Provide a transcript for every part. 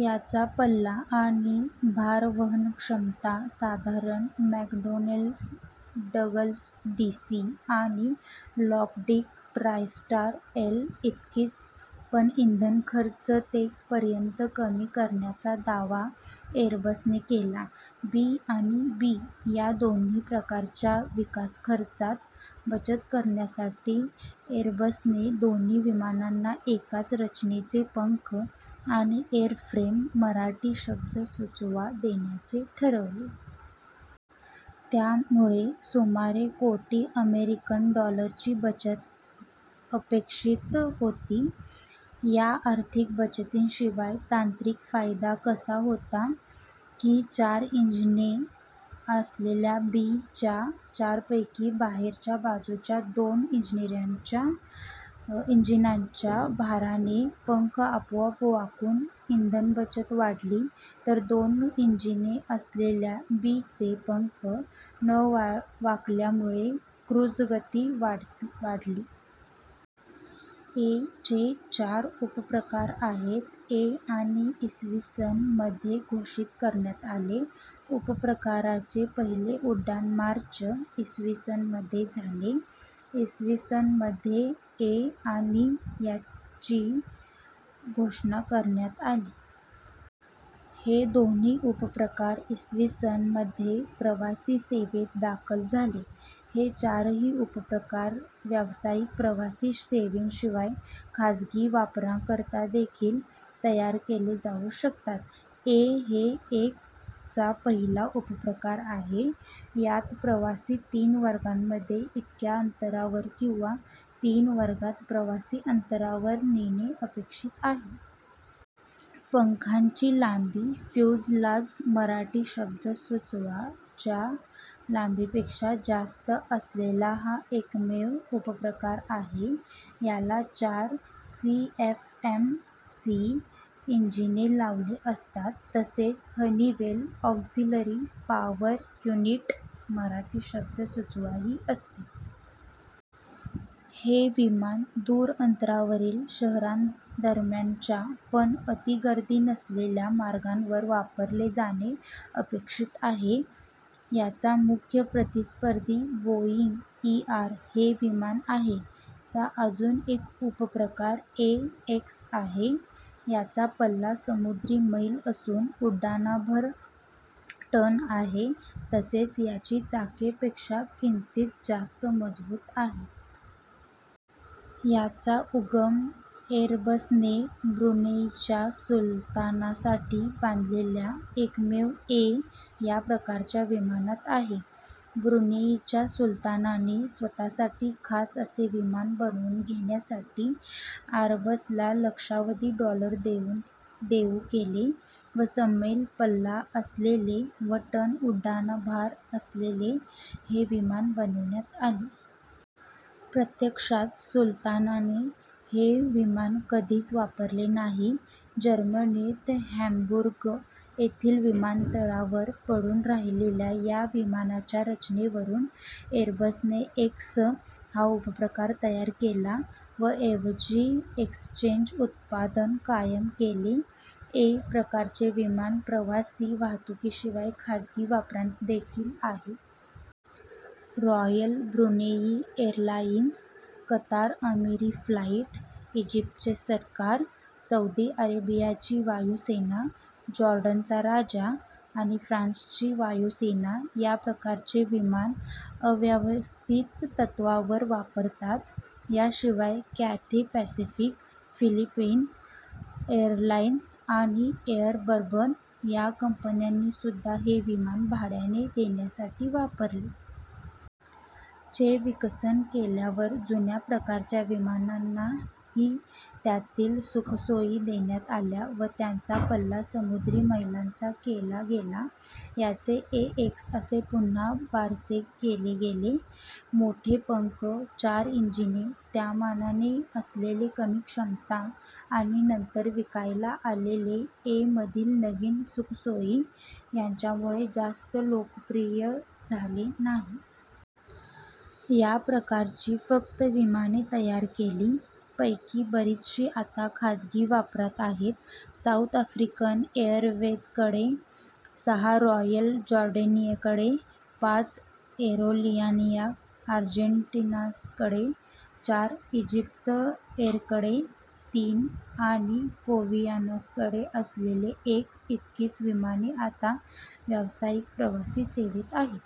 याचा पल्ला आणि भारवहनक्षमता साधारण मॅकडोनेल डग्लस डीसी- आणि लॉकहीड ट्रायस्टार एल- इतकीच पण इंधनखर्च ते पर्यंत कमी करण्याचा दावा एरबसने केला. बी आणि बी या दोन्ही प्रकारांच्या विकासखर्चात बचत करण्यासाठी एरबसने दोन्ही विमानांना एकाच रचनेचे पंख आणि एरफ्रेम मराठी शब्द सुचवा देण्याचे ठरवले. यामुळे सुमारे कोटी अमेरिकन डॉलरची बचत अपेक्षित होती. या आर्थिक बचतीशिवाय तांत्रिक फायदा असा होता की चार इंजिने असलेल्या बी च्या चारपैकी बाहेरच्या बाजूच्या दोन इंजिनांच्या भाराने पंख आपोआप वाकून इंधनबचत वाढली तर दोन इंजिने असलेल्या बी चे पंख न वाकल्यामुळे क्रुझगती वाढली. ए चे चार उपप्रकार आहेत. ए - आणि - इ. स. मध्ये घोषित करण्यात आले. - उपप्रकाराचे पहिले उड्डाण मार्च, इ. स. मध्ये झाले. इ. स. मध्ये ए - आणि - ची घोषणा करण्यात आली. हे दोन्ही उपप्रकार इ. स. मध्ये प्रवासी सेवेत दाखल झाले. हे चारही उपप्रकार व्यावसायिक प्रवासी सेवेशिवाय खाजगी वापराकरतादेखील तयार केले जाऊ शकतात. ए - हे ए चा पहिला उपप्रकार आहे. यात प्रवासी तीन वर्गांमध्ये इतक्या अंतरावर किंवा तीन वर्गांत प्रवासी अंतरावर नेणे अपेक्षित आहे. पंखांची लांबी फ्युजलाझ मराठी शब्द सुचवा च्या लांबीपेक्षा जास्त असलेला हा एकमेव उपप्रकार आहे. याला चार सीएफएम - सी इंजिने लावली असतात तसेच Honeywell - auxiliary power unit Marathi शब्द सुचवा ही असते. हे विमान दूर अंतरावरील शहरांदरम्यानच्या पण अतिगर्दी नसलेल्या मार्गांवर वापरले जाणे अपेक्षित आहे. याचा मुख्य प्रतिस्पर्धी बोइंग - ईआर हे विमान आहे. - चा अजून एक उपप्रकार ए - एक्स आहे. याचा पल्ला समुद्री मैल असून उड्डाणभार टन आहे तसेच याची चाके - पेक्षा किंचित जास्त मजबूत आहेत. याचा उगम एरबसने ब्रुनेइच्या सुलतानासाठी बांधलेल्या एकमेव ए - या प्रकारच्या विमानात आहे. ब्रुनेइच्या सुलतानाने स्वतःसाठी खास असे विमान बनवून घेण्यासाठी आरबसला लक्षावधी डॉलर देऊ केले व समैल पल्ला असलेले व टन उड्डाणभार असलेले हे विमान बनविण्यात आले. प्रत्यक्षात सुलतानाने हे विमान कधीच वापरले नाही. जर्मनीत हॅंबुर्ग येथील विमानतळावर पडून राहिलेल्या या विमानाच्या रचनेवरून एरबसने - एक्स हा उपप्रकार तयार केला व - ऐवजी - एक्सचेच उत्पादन कायम केले. ए - प्रकारचे विमान प्रवासी वाहतुकीशिवाय खाजगी वापरातदेखील आहे. Royal Brunei Airlines, Qatar Amiri Flight, इजिप्तचे सरकार, सौदी अरेबियाची वायुसेना, जॉर्डनचा राजा आणि फ्रान्सची वायुसेना या प्रकारचे विमान अव्यावसायिक तत्त्वावर वापरतात. याशिवाय कॅथे पॅसिफिक, फिलिपाईन एरलाइन्स आणि एर बर्बन या कंपन्यांनीसुद्धा हे विमान भाड्याने देण्यासाठी वापरले. चे विकसन केल्यावर जुन्या - प्रकारच्या विमानांनाही त्यातील सुखसोयी देण्यात आल्या व त्यांचा पल्ला समुद्री मैलांचा केला गेला. यांचे ए - एक्स असे पुन्हा बारसे केले गेले. मोठे पंख, चार इंजिने, त्यामानाने असलेली कमी क्षमता आणि नंतर विकायला आलेले ए - मधील नवीन सुखसोयी, यांमुळे - जास्त लोकप्रिय झाले नाही. या प्रकारची फक्त विमाने तयार केली. पैकी बरीचशी आता खाजगी वापरात आहेत. साउथ आफ्रिकन एरवेझकडे सहा, रॉयल जॉर्डेनियनकडे पाच, एरोलिनियास आर्जेन्टिनासकडे चार, इजिप्त एरकडे तीन आणि कॉन्व्हियासाकडे असलेले एक, इतकीच विमाने आता व्यावसायिक प्रवासी सेवेत आहेत.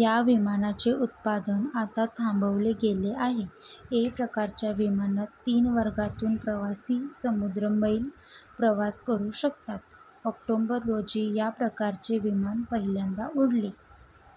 या विमानाचे उत्पादन आता थांबवले गेले आहे. ए - प्रकारच्या विमानात तीन वर्गांतून प्रवासी समुद्री मैल प्रवास करू शकतात. ऑक्टोबर, रोजी या प्रकारचे विमान पहिल्यांदा उडले.